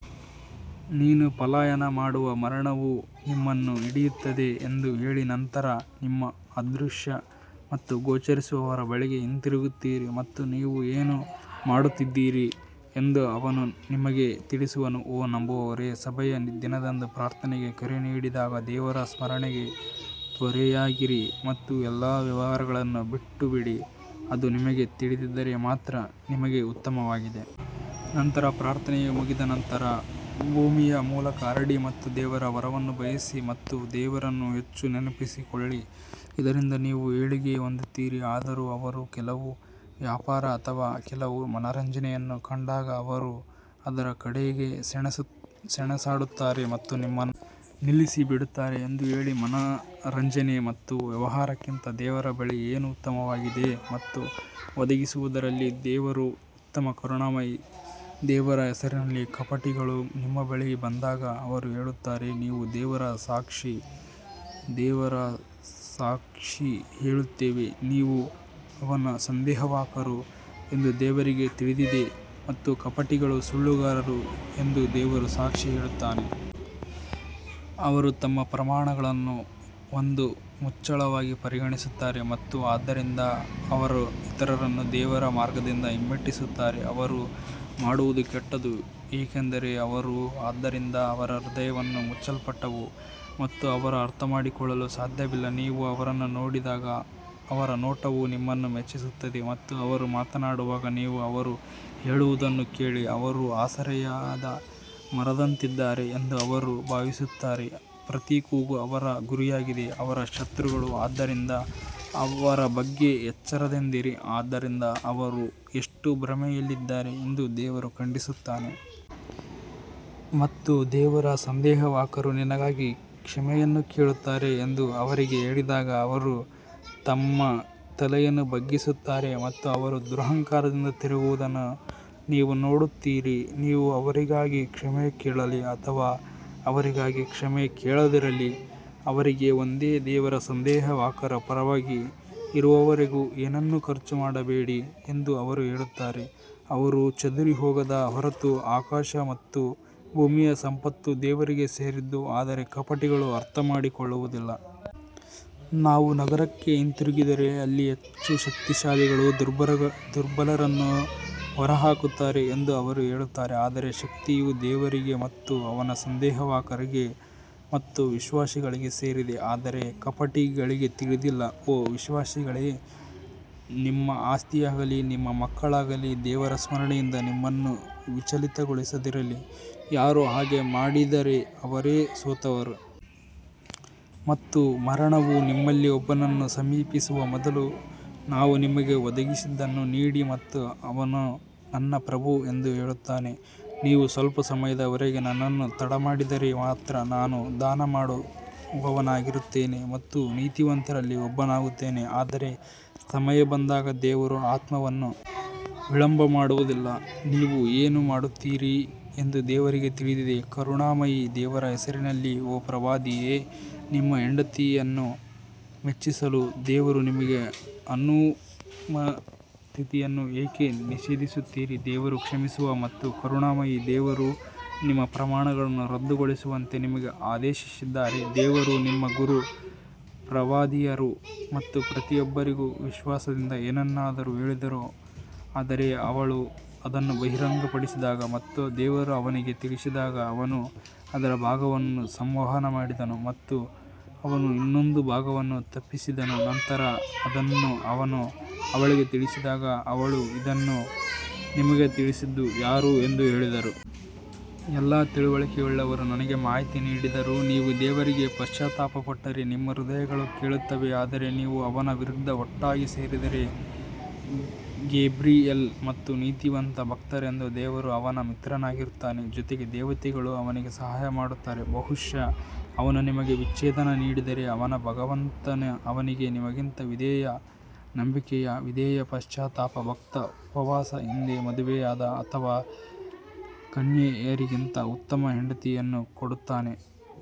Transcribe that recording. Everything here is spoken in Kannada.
ನೀವು ಪಲಾಯನ ಮಾಡುವ ಮರಣವು ನಿಮ್ಮನ್ನು ಹಿಡಿಯುತ್ತದೆ ಎಂದು ಹೇಳಿ ನಂತರ ನೀವು ಅದೃಶ್ಯ ಮತ್ತು ಗೋಚರಿಸುವವರ ಬಳಿಗೆ ಹಿಂತಿರುಗುತ್ತೀರಿ ಮತ್ತು ನೀವು ಏನು ಮಾಡುತ್ತಿದ್ದೀರಿ ಎಂದು ಅವನು ನಿಮಗೆ ತಿಳಿಸುವನು. ಓ ನಂಬುವವರೇ, ಸಭೆಯ ದಿನದಂದು ಪ್ರಾರ್ಥನೆಗೆ ಕರೆ ನೀಡಿದಾಗ ದೇವರ ಸ್ಮರಣೆಗೆ ತ್ವರೆಯಾಗಿರಿ ಮತ್ತು ಎಲ್ಲಾ ವ್ಯವಹಾರಗಳನ್ನು ಬಿಟ್ಟುಬಿಡಿ, ಅದು ನಿಮಗೆ ತಿಳಿದಿದ್ದರೆ ಮಾತ್ರ ನಿಮಗೆ ಉತ್ತಮವಾಗಿದೆ. ನಂತರ ಪ್ರಾರ್ಥನೆಯು ಮುಗಿದ ನಂತರ ಭೂಮಿಯ ಮೂಲಕ ಹರಡಿ ಮತ್ತು ದೇವರ ವರವನ್ನು ಬಯಸಿ ಮತ್ತು ದೇವರನ್ನು ಹೆಚ್ಚು ನೆನಪಿಸಿಕೊಳ್ಳಿ ಇದರಿಂದ ನೀವು ಏಳಿಗೆ ಹೊಂದುತ್ತೀರಿ. ಆದರೂ ಅವರು ಕೆಲವು ವ್ಯಾಪಾರ ಅಥವಾ ಕೆಲವು ಮನರಂಜನೆಯನ್ನು ಕಂಡಾಗ ಅವರು ಅದರ ಕಡೆಗೆ ಸೆಣಸಾಡುತ್ತಾರೆ ಮತ್ತು ನಿಮ್ಮನ್ನು ನಿಲ್ಲಿಸಿ ಬಿಡುತ್ತಾರೆ ಎಂದು ಹೇಳಿ ಮನರಂಜನೆ ಮತ್ತು ವ್ಯವಹಾರಕ್ಕಿಂತ ದೇವರ ಬಳಿ ಏನು ಉತ್ತಮವಾಗಿದೆ ಮತ್ತು ಒದಗಿಸುವವರಲ್ಲಿ ದೇವರು ಉತ್ತಮ ಕರುಣಾಮಯಿ ದೇವರ ಹೆಸರಿನಲ್ಲಿ ಕಪಟಿಗಳು ನಿಮ್ಮ ಬಳಿಗೆ ಬಂದಾಗ ಅವರು ಹೇಳುತ್ತಾರೆ, ನೀವು ದೇವರ ಸಂದೇಶವಾಹಕರು ಎಂದು ನಾವು ಸಾಕ್ಷಿ ಹೇಳುತ್ತೇವೆ, ನೀವು ಅವನ ಸಂದೇಶವಾಹಕರು ಎಂದು ದೇವರಿಗೆ ತಿಳಿದಿದೆ ಮತ್ತು ಕಪಟಿಗಳು ಸುಳ್ಳುಗಾರರು ಎಂದು ದೇವರು ಸಾಕ್ಷಿ ಹೇಳುತ್ತಾನೆ. ಅವರು ತಮ್ಮ ಪ್ರಮಾಣಗಳನ್ನು ಒಂದು ಮುಚ್ಚಳವಾಗಿ ಪರಿಗಣಿಸುತ್ತಾರೆ ಮತ್ತು ಆದ್ದರಿಂದ ಅವರು ಇತರರನ್ನು ದೇವರ ಮಾರ್ಗದಿಂದ ಹಿಮ್ಮೆಟ್ಟಿಸುತ್ತಾರೆ, ಅವರು ಮಾಡುವದು ಕೆಟ್ಟದು ಏಕೆಂದರೆ ಅವರು ನಂಬಿದ್ದರು ಮತ್ತು ನಂತರ ನಂಬಲಿಲ್ಲ, ಆದ್ದರಿಂದ ಅವರ ಹೃದಯಗಳು ಮುಚ್ಚಲ್ಪಟ್ಟವು ಮತ್ತು ಅವರು ಅರ್ಥಮಾಡಿಕೊಳ್ಳಲು ಸಾಧ್ಯವಿಲ್ಲ ನೀವು ಅವರನ್ನು ನೋಡಿದಾಗ ಅವರ ನೋಟವು ನಿಮ್ಮನ್ನು ಮೆಚ್ಚಿಸುತ್ತದೆ ಮತ್ತು ಅವರು ಮಾತನಾಡುವಾಗ ನೀವು ಅವರು ಹೇಳುವದನ್ನು ಕೇಳಿ ಅವರು ಆಸರೆಯಾದ ಮರದಂತಿದ್ದಾರೆ ಎಂದು ಅವರು ಭಾವಿಸುತ್ತಾರೆ ಪ್ರತಿ ಕೂಗು ಅವರ ಗುರಿಯಾಗಿದೆ ಅವರು ಶತ್ರುಗಳು ಆದ್ದರಿಂದ ಅವರ ಬಗ್ಗೆ ಎಚ್ಚರದಿಂದಿರಿ ಆದ್ದರಿಂದ ಅವರು ಎಷ್ಟು ಭ್ರಮೆಯಲ್ಲಿದ್ದಾರೆ ಎಂದು ದೇವರು ಖಂಡಿಸುತ್ತಾನೆ. ಮತ್ತು ದೇವರ ಸಂದೇಶವಾಹಕರು ನಿನಗಾಗಿ ಕ್ಷಮೆಯನ್ನು ಕೇಳುತ್ತಾರೆ ಎಂದು ಅವರಿಗೆ ಹೇಳಿದಾಗ ಅವರು ತಮ್ಮ ತಲೆಯನ್ನು ಬಗ್ಗಿಸುತ್ತಾರೆ ಮತ್ತು ಅವರು ದುರಹಂಕಾರದಿಂದ ತಿರುಗುತ್ತಿರುವುದನ್ನು ನೀವು ನೋಡುತ್ತೀರಿ. ನೀವು ಅವರಿಗಾಗಿ ಕ್ಷಮೆ ಕೇಳಲಿ ಅಥವಾ ಅವರಿಗಾಗಿ ಕ್ಷಮೆ ಕೇಳದಿರಲಿ ಅವರಿಗೆ ಒಂದೇ ದೇವರ ಸಂದೇಶವಾಹಕರ ಪರವಾಗಿ ಇರುವವರಿಗೆ ಏನನ್ನೂ ಖರ್ಚು ಮಾಡಬೇಡಿ ಎಂದು ಅವರು ಹೇಳುತ್ತಾರೆ, ಅವರು ಚದುರಿಹೋಗದ ಹೊರತು ಆಕಾಶ ಮತ್ತು ಭೂಮಿಯ ಸಂಪತ್ತು ದೇವರಿಗೆ ಸೇರಿದ್ದು ಆದರೆ ಕಪಟಿಗಳು ಅರ್ಥಮಾಡಿಕೊಳ್ಳುವುದಿಲ್ಲ. ನಾವು ನಗರಕ್ಕೆ ಹಿಂತಿರುಗಿದರೆ ಅಲ್ಲಿ ಹೆಚ್ಚು ಶಕ್ತಿಶಾಲಿಗಳು ದುರ್ಬಲರನ್ನು ಹೊರಹಾಕುತ್ತಾರೆ ಎಂದು ಅವರು ಹೇಳುತ್ತಾರೆ ಆದರೆ ಶಕ್ತಿಯು ದೇವರಿಗೆ ಮತ್ತು ಅವನ ಸಂದೇಶವಾಹಕರಿಗೆ ಮತ್ತು ವಿಶ್ವಾಸಿಗಳಿಗೆ ಸೇರಿದೆ ಆದರೆ ಕಪಟಿಗಳಿಗೆ ತಿಳಿದಿಲ್ಲ. ಓ ವಿಶ್ವಾಸಿಗಳೇ, ನಿಮ್ಮ ಆಸ್ತಿಯಾಗಲಿ, ನಿಮ್ಮ ಮಕ್ಕಳಾಗಲಿ ದೇವರ ಸ್ಮರಣೆಯಿಂದ ನಿಮ್ಮನ್ನು ವಿಚಲಿತಗೊಳಿಸದಿರಲಿ, ಯಾರು ಹಾಗೆ ಮಾಡಿದರೆ ಅವರೇ ಸೋತವರು. ಮತ್ತು ಮರಣವು ನಿಮ್ಮಲ್ಲಿ ಒಬ್ಬನನ್ನು ಸಮೀಪಿಸುವ ಮೊದಲು ನಾವು ನಿಮಗೆ ಒದಗಿಸಿದ್ದನ್ನು ನೀಡಿ ಮತ್ತು ಅವನು ನನ್ನ ಪ್ರಭು ಎಂದು ಹೇಳುತ್ತಾನೆ, ನೀವು ಸ್ವಲ್ಪ ಸಮಯದವರೆಗೆ ನನ್ನನ್ನು ತಡಮಾಡಿದರೆ ಮಾತ್ರ ನಾನು ದಾನ ಮಾಡುವವನಾಗಿರುತ್ತೇನೆ ಮತ್ತು ನೀತಿವಂತರಲ್ಲಿ ಒಬ್ಬನಾಗುತ್ತೇನೆ. ಆದರೆ ಸಮಯ ಬಂದಾಗ ದೇವರು ಆತ್ಮವನ್ನು ವಿಳಂಬ ಮಾಡುವುದಿಲ್ಲ, ನೀವು ಏನು ಮಾಡುತ್ತೀರಿ ಎಂದು ದೇವರಿಗೆ ತಿಳಿದಿದೆ ಕರುಣಾಮಯಿ ದೇವರ ಹೆಸರಿನಲ್ಲಿ ಓ ಪ್ರವಾದಿಯೇ, ನಿಮ್ಮ ಹೆಂಡತಿಯರನ್ನು ಮೆಚ್ಚಿಸಲು ದೇವರು ನಿಮಗೆ ಅನುಮತಿಸಿದ್ದನ್ನು ಏಕೆ ನಿಷೇಧಿಸುತ್ತೀರಿ ದೇವರು ಕ್ಷಮಿಸುವ ಮತ್ತು ಕರುಣಾಮಯಿ ದೇವರು ನಿಮ್ಮ ಪ್ರಮಾಣಗಳನ್ನು ರದ್ದುಗೊಳಿಸುವಂತೆ ನಿಮಗೆ ಆದೇಶಿಸಿದ್ದಾರೆ ದೇವರು ನಿಮ್ಮ ಗುರು ಪ್ರವಾದಿಯವರು ತಮ್ಮ ಪತ್ನಿಯೊಬ್ಬರಿಗೆ ವಿಶ್ವಾಸದಿಂದ ಏನನ್ನಾದರೂ ಹೇಳಿದರು ಆದರೆ ಅವಳು ಅದನ್ನು ಬಹಿರಂಗಪಡಿಸಿದಾಗ ಮತ್ತು ದೇವರು ಅವನಿಗೆ ತಿಳಿಸಿದಾಗ ಅವನು ಅದರ ಭಾಗವನ್ನು ಸಂವಹನ ಮಾಡಿದನು ಮತ್ತು ಅವನು ಇನ್ನೊಂದು ಭಾಗವನ್ನು ತಪ್ಪಿಸಿದನು ನಂತರ ಅವನು ಅದನ್ನು ಅವಳಿಗೆ ತಿಳಿಸಿದಾಗ ಅವಳು ಇದನ್ನು ನಿಮಗೆ ತಿಳಿಸಿದ್ದು ಯಾರು ಎಂದು ಹೇಳಿದರು. ಎಲ್ಲಾ ತಿಳುವಳಿಕೆಯುಳ್ಳವರು ನನಗೆ ಮಾಹಿತಿ ನೀಡಿದರು ನೀವು ದೇವರಿಗೆ ಪಶ್ಚಾತ್ತಾಪಪಟ್ಟರೆ, ನಿಮ್ಮ ಹೃದಯಗಳು ಕೇಳುತ್ತವೆ ಆದರೆ ನೀವು ಅವನ ವಿರುದ್ಧ ಒಟ್ಟಾಗಿ ಸೇರಿದರೆ, ಗೇಬ್ರಿಯಲ್ ಮತ್ತು ನೀತಿವಂತ ಭಕ್ತರಂತೆ ದೇವರು ಅವನ ಮಿತ್ರನಾಗಿರುತ್ತಾನೆ, ಜೊತೆಗೆ ದೇವತೆಗಳು ಅವನಿಗೆ ಸಹಾಯ ಮಾಡುತ್ತಾರೆ. ಬಹುಶಃ ಅವನು ನಿಮಗೆ ವಿಚ್ಛೇದನ ನೀಡಿದರೆ ಅವನ ಭಗವಂತ ಅವನಿಗೆ ನಿಮಗಿಂತ ವಿಧೇಯ ನಂಬಿಕೆಯ ವಿಧೇಯ ಪಶ್ಚಾತ್ತಾಪ ಭಕ್ತ ಉಪವಾಸ ಹಿಂದೆ ಮದುವೆಯಾದ ಅಥವಾ ಕನ್ಯೆಯರಿಗಿಂತ ಉತ್ತಮ ಹೆಂಡತಿಯರನ್ನು ಕೊಡುತ್ತಾನೆ.